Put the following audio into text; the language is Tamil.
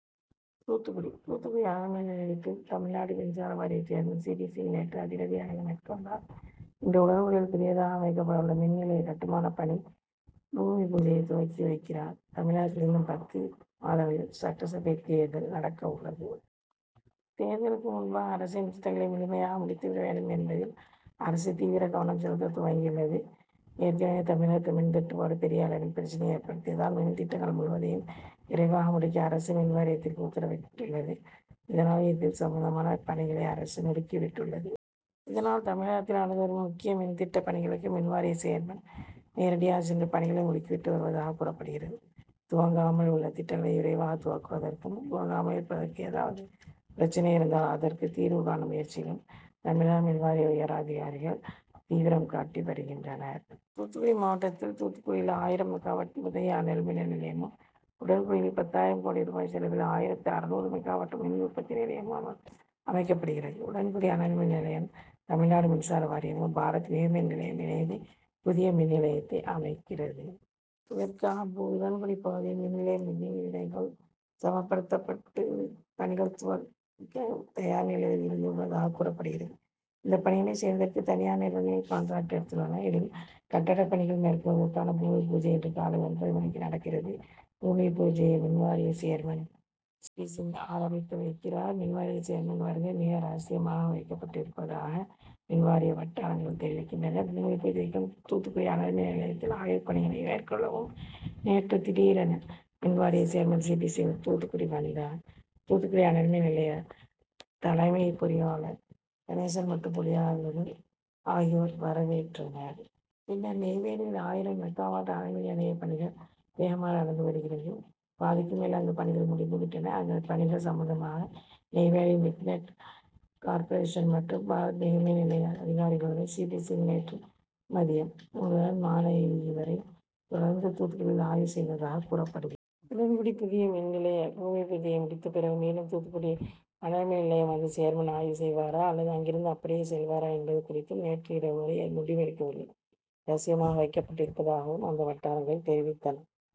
தூத்துக்குடி தூத்துக்குடி அனல்மின் நிலையத்தில் தமிழ்நாடு மின்சார வாரிய சேர்மன் சி. பி சிங் நேற்று அதிரடி ஆய்வு மேற்கொண்டார். இன்று உடன்குடியில் புதியதாக அமைக்கப்பட உள்ள மின் நிலைய கட்டுமான பணி பூமிபூஜையை துவக்கி வைக்கிறார். தமிழகத்தில் இன்னும் பத்து மாதங்களில் சட்டசபை தேர்தல் நடக்க உள்ளது. தேர்தலுக்கு முன்பாக அரசின் திட்டங்களை முழுமையாக முடித்து விட வேண்டும் என்பதில் அரசு தீவிர கவனம் செலுத்த துவங்கியுள்ளது. ஏற்கனவே தமிழகத்தில் மின் தட்டுப்பாடு பெரிய அளவில் பிரச்னையை ஏற்படுத்தியதால் மின் திட்டங்கள் முழுவதையும் விரைவாக முடிக்க அரசு மின்வாரியத்திற்கு உத்தரவிட்டுள்ளது. இதனால் இது சம்பந்தமான பணிகளை அரசு முடுக்கி விட்டுள்ளது. இதனால் தமிழகத்தில் நடந்து வரும் முக்கிய மின் திட்ட பணிகளுக்கு மின்வாரிய சேர்மன் நேரடியாக சென்று பணிகளை முடுக்கி விட்டு வருவதாக கூறப்படுகிறது. துவங்காமல் உள்ள திட்டங்களை விரைவாக துவக்குவதற்கும், துவங்காமல் இருப்பதற்கு ஏதாவது பிரச்னை இருந்தால் அதற்கு தீர்வு காணும் முயற்சியிலும் தமிழக மின் வாரிய உயர் அதிகாரிகள் தீவிரம் காட்டி வருகின்றனர். தூத்துக்குடி மாவட்டத்தில் தூத்துக்குடியில் ஆயிரம் மெகாவாட் புதிய அனல் மின் நிலையமும், உடன்குடியில் பத்தாயிரம் கோடி ரூபாய் செலவில் ஆயிரத்து அறுநூறு மெகாவாட் மின் உற்பத்தி நிலையமும் அமைக்கப்படுகிறது. உடன்குடி அனல்மின் நிலையம் தமிழ்நாடு மின்சார வாரியமும், பாரத் மிகுமின் நிலையம் இணைந்து புதிய மின் நிலையத்தை அமைக்கிறது. இதற்காக உடன்குடி பகுதியில் மின் நிலையம் அமையும் இடங்கள் சமப்படுத்தப்பட்டு பணிகள் துவக்க தயார் நிலையில் இருந்து வருவதாக கூறப்படுகிறது. இந்த பணியினை செய்வதற்கு தனியார் நிறுவனங்கள் காண்டிராக்ட் எடுத்துள்ளன. இதில் கட்டட பணிகள் மேற்கொள்வதற்கான பூமிபூஜை இன்று காலை ஒன்பது மணிக்கு நடக்கிறது. பூமிபூஜையை மின்வாரிய சேர்மன் சி. பி. சிங் ஆரம்பித்து வைக்கிறார். மின்வாரிய சேர்மன் வருகை மிக ரகசியமாக வைக்கப்பட்டிருப்பதாக மின்வாரிய வட்டாரங்கள் தெரிவிக்கின்றன. பூமிபூஜைக்கும், தூத்துக்குடி அனல்மின் நிலையத்தில் ஆய்வு பணியினை மேற்கொள்ளவும் நேற்று திடீரென மின்வாரிய chairman C. P. Singh Thoothukudi வந்தார். தூத்துக்குடி அனல்மின் நிலைய தலைமை பொறியாளர் கணேசன் மற்றும் பொறியாளர்கள் ஆகியோர் வரவேற்றனர். பின்னர் நெய்வேலியில் ஆயிரம் மெகாவாட் அனல்மின் நிலைய பணிகள் வேகமாக நடந்து வருகிறது. பாதிக்கு மேல் அங்கு பணிகள் முடிந்து விட்டன. அந்த பணிகள் சம்பந்தமாக நெய்வேலி நிக்நெட் கார்ப்ரேஷன் மற்றும் பாரத் மிகு மின் நிலைய அதிகாரிகளுடன் சி. பி. சிங் நேற்று மதியம் முதல் மாலை வரை தொடர்ந்து தூத்துக்குடியில் ஆய்வு செய்ததாக கூறப்படுகிறது. உடன்குடி புதிய மின் நிலைய பூமிபூஜையை முடித்த பிறகு மீண்டும் தூத்துக்குடி அனல்மின் நிலையம் வந்து சேர்மன் ஆய்வு செய்வாரா அல்லது அங்கிருந்து அப்படியே செல்வாரா என்பது குறித்தும் நேற்று இரவு வரை முடிவு எடுக்கவில்லை. ரகசியமாக வைக்கப்பட்டிருப்பதாகவும் அந்த வட்டாரங்கள் தெரிவித்தன.